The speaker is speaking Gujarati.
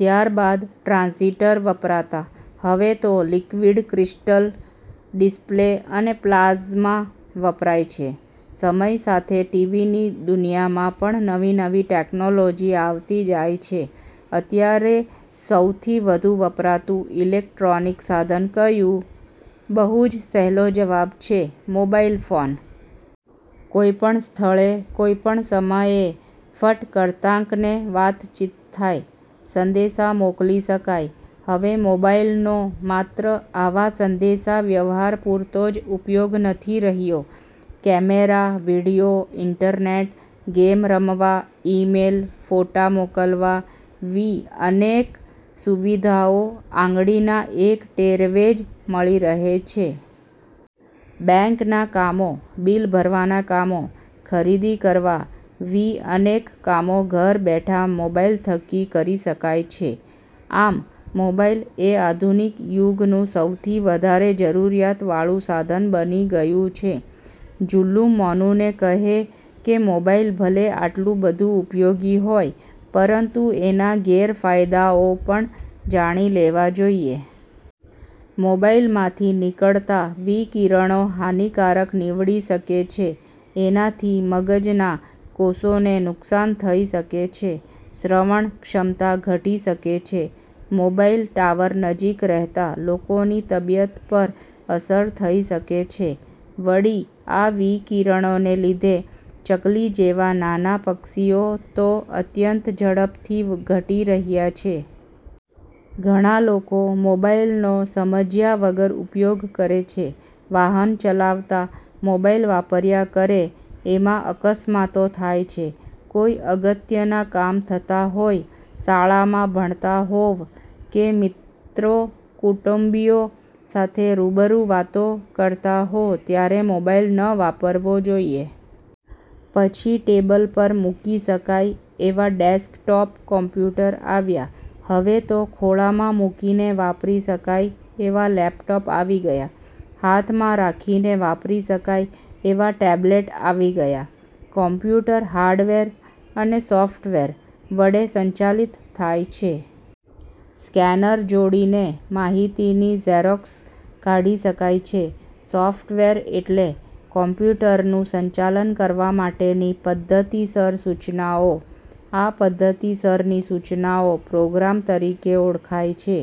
ત્યાર બાદ ટ્રાન્ઝીટર વપરાતાં. હવે તો લીક્વીડ ક્રિસ્ટલ ડિસ્પ્લે અને પ્લાઝમા વપરાય છે. સમય સાથે ટીવીની દુનિયામાં પણ નવી નવી ટેકનોલોજી આવતી જાય છે. અત્યારે સૌથી વધુ વપરાતું ઈલેક્ટ્રોનિક સાધન કયું? બહુ જ સહેલો જવાબ છે મોબાઈલ ફોન! કોઈ પણ સ્થળે, કોઈ પણ સમયે ફટ કરતાંકને વાતચીત થાય, સંદેશા મોકલી શકાય. હવે મોબાઈલનો માત્ર આવા સંદેશા વ્યવહાર પુરતો જ ઉપયોગ નથી રહ્યો. કેમેરા, વિડીયો, ઈન્ટરનેટ, ગેમ રમવા, ઈમેલ, ફોટા મોકલવા વિ અનેક સુવિધાઓ આંગળીના એક ટેરવે જ મળી રહે છે. બેંકના કામો, બીલ ભરવાના કામો, ખરીદી કરવા વિ અનેક કામો ઘેર બેઠાં મોબાઈલ થકી કરી શકાય છે. આમ મોબાઈલ એ આધુનિક યુગનું સૌથી વધારે જરૂરીયાત વાળું સાધન બની ગયું છે. જુલ્લુ મોનુને કહે કે મોબાઈલ ભલે આટલું બધું ઉપયોગી હોય પરંતુ એના ગેરફાયદાઓ પણ જાણી લેવા જોઈએ. મોબાઈલમાંથી નીકળતા વિકિરણો હાનીકારક નીવડી શકે છે. એનાથી મગજના કોષોને નુકસાન થઇ શકે છે, શ્રવણ ક્ષમતા ઘટી શકે છે. મોબાઈલ ટાવર નજીક રહેતા લોકોની તબિયત પર અસર થઇ શકે છે. વળી આ વિકિરણોને લીધે ચકલી જેવાં નાનાં પક્ષીઓ તો અત્યંત ઝડપથી ઘટી રહ્યાં છે. ઘણા લોકો મોબાઈલનો સમજ્યા વગર ઉપયોગ કરે છે. વાહન ચલાવતાં મોબાઈલ વાપર્યા કરે એમાં અકસ્માતો થાય છે. કોઈ અગત્યના કામ થતા હોય, શાળામાં ભણતા હોવ કે મિત્રો-કુટુંબીઓ સાથે રૂબરૂ વાતો કરતા હો ત્યારે મોબાઈલ ન વાપરવો જોઈએ. પછી ટેબલ પર મૂકી શકાય એવા ડેસ્કટોપ કોમ્પુટર આવ્યા. હવે તો ખોળામાં મુકીને વાપરી શકાય એવા લેપટોપ આવી ગયા. હાથમાં રાખીને વાપરી શકાય એવા ટેબ્લેટ આવી ગયા. કોમ્પ્યુટર હાર્ડવેર અને સોફ્ટવેર વડે સંચાલિત થાય છે. સ્કેનર જોડીને માહિતીની ઝેરોક્ષ કાઢી શકાય છે. સોફ્ટવેર એટલે કોમ્પ્યુટરનું સંચાલન કરવા માટેની પધ્ધતિસર સૂચનાઓ. આ પધ્ધતિસરની સૂચનાઓ પ્રોગ્રામ તરીકે ઓળખાય છે.